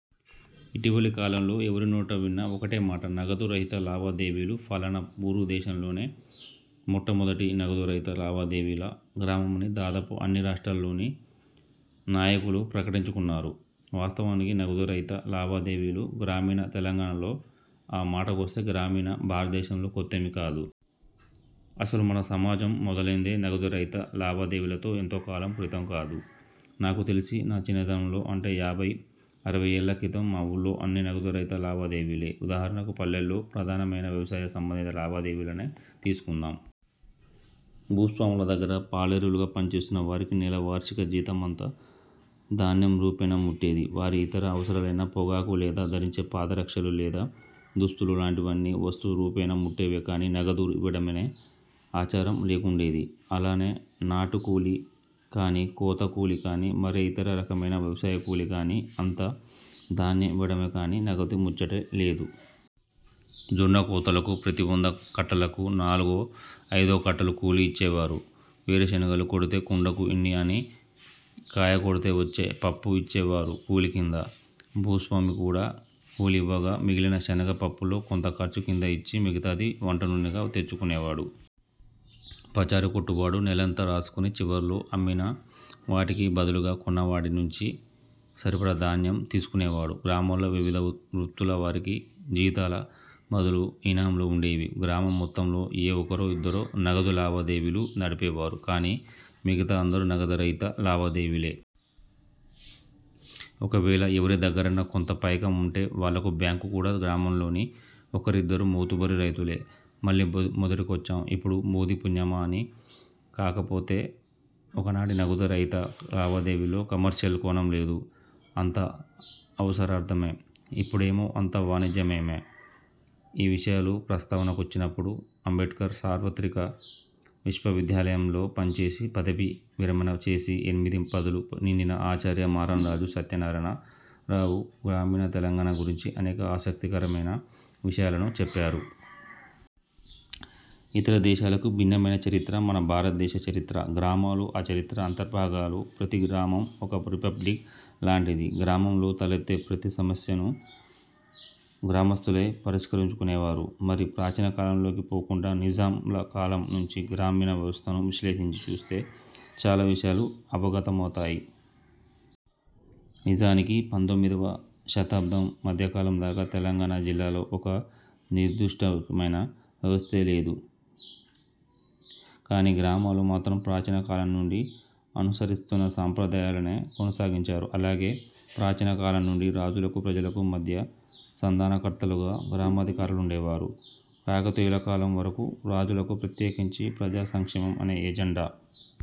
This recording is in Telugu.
ఇటీవలి కాలంలో ఎవరి నోట విన్నా ఒకటే మాట''నగదు రహిత లావాదేవీలు''. ఫలానా వూరు దేశంలోనే మొట్టమొదటి నగదు రహిత లావాదేవీల గ్రామమని దాదాపు అన్ని రాష్ట్రాలలోని నాయకులు ప్రకటించుకున్నారు. వాస్తవానికి నగదు రహిత లావాదేవీలు గ్రామీణ తెలంగాణాలో, ఆ మాటకొస్తే, గ్రామీణ భారతదేశంలో కొత్తేమీ కాదు. అసలు మన సమాజం మొదలైందే నగదు రహిత లావాదేవీలతో. ఎంతో కాలం క్రితం కాదు నాకు తెలిసి నా చిన్నతనంలో, అంటే ఓ యాభై అరవై ఏళ్ల క్రితం మా వూళ్లో అన్నీ నగదు రహిత లావాదేవీలే. ఉదాహరణకు పల్లెల్లో ప్రధానమైన వ్యవసాయ సంబంధిత లావాదేవీలనే తీసుకుందాం. భూస్వాముల దగ్గర పాలేరులుగా పనిచేస్తున్న వారికి నెల-వార్షిక జీతమంతా ధాన్యం రూపేణా ముట్టేది. వారి ఇతర అవసరాలైన పొగాకు, లేదా ధరించే పాద రక్షలు, లేదా దుస్తులు లాంటివన్నీ వస్తు రూపేణా ముట్టేవే కానీ నగదు ఇవ్వడమనే ఆచారం లేకుండేది. అలానే నాటు కూలీ కాని, కోత కూలీ కాని, మరే ఇతర రకమైన వ్యవసాయ కూలీ కాని అంతా ధాన్యం ఇవ్వడమే కానీ నగదు ముచ్చటే లేదు. జొన్న కోతలకు ప్రతి వంద కట్టలకు నాలుగో- ఐదో కట్టలు కూలీ ఇచ్చేవారు. వేరు శనగలు కొడితే కుండకు ఇన్ని అని కాయ కొడితే వచ్చే పప్పు ఇచ్చే వారు కూలీ కింద. భూస్వామి కూడా కూలీ ఇవ్వగా మిగిలిన శనగ పప్పులో కొంత ఖర్చు కింద ఇచ్చి మిగతాది వంట నూనెగా తెచ్చుకునేవాడు. పచారి కొట్టువాడు నెలంతా రాసుకుని చివర్లో అమ్మిన వాటికి బదులుగా కొన్న వాడి నుంచి సరిపడా ధాన్యం తీసుకునేవాడు. గ్రామాల్లో వివిధ వృత్తుల వారికి జీతాల బదులు ఇనాంలు వుండేవి. గ్రామం మొత్తంలో ఏ ఒకరో ఇద్దరో నగదు లావాదేవీలు నడిపేవారు కానీ మిగతా అందరూ నగదు రహిత లావాదేవీలే. ఒకవేళ ఎవరి దగ్గరన్నా కొంత పైకం వుంటే వాళ్లకు బ్యాంకు కూడా గ్రామంలోని ఒకరిద్దరు మోతుబరి రైతులే. మళ్లీ మొదటికొచ్చాం ఇప్పుడు మోదీ పుణ్యమా అని. కాకపోతే ఒకనాటి నగదు రహిత లావాదేవీల్లో ''కమర్షియల్'' కోణం లేదు అంతా అవసరార్థమే! ఇప్పుడేమో అంతా వాణిజ్యమయమే! ఈ విషయాలు ప్రస్తావనకొచ్చినప్పుడు, అంబేడ్కర్ సార్వత్రిక విశ్వవిద్యాలయంలో పనిచేసి పదవీ విరమణ చేసిన ఎనిమిది పదులు నిండిన ఆచార్య మారంరాజు సత్యనారాయణ రావు గ్రామీణ తెలంగాణ గురించి అనేక ఆసక్తికరమైన విషయాలను చెప్పారు. ఇతర దేశాలకు భిన్నమైన చరిత్ర మన భారతదేశ చరిత్ర. గ్రామాలు ఆ చరిత్ర అంతర్భాగాలు. ప్రతీ గ్రామం ఒక ''రిపబ్లిక్'' లాంటిది. గ్రామంలో తలెత్తే ప్రతి సమస్యనూ గ్రామస్తులే పరిష్కరించుకునేవారు. మరీ ప్రాచీన కాలంలోకి పోకుండా నిజాంల కాలం నుంచి గ్రామీణ వ్యవస్థను విశ్లేషించి చూస్తే చాలా విషయాలు అవగతమౌతాయి. నిజానికి పంతొమ్మిదివ శతాబ్దం మధ్యకాలం దాకా తెలంగాణ జిల్లాలలో ఒక నిర్దుష్టమైన వ్యవస్థ లేదు కాని, గ్రామాలు మాత్రం ప్రాచీన కాలం నుండి అనుసరిస్తున్న సాంప్రదాయాలనే కొనసాగించారు. అలాగే ప్రాచీన కాలం నుండి రాజులకు, ప్రజలకు మధ్య సంధానకర్తలుగా గ్రామాధికారులుండేవారు. కాకతీయుల కాలం వరకూ రాజులకు ప్రత్యేకించి ప్రజాసంక్షేమం అనే ఎజెండా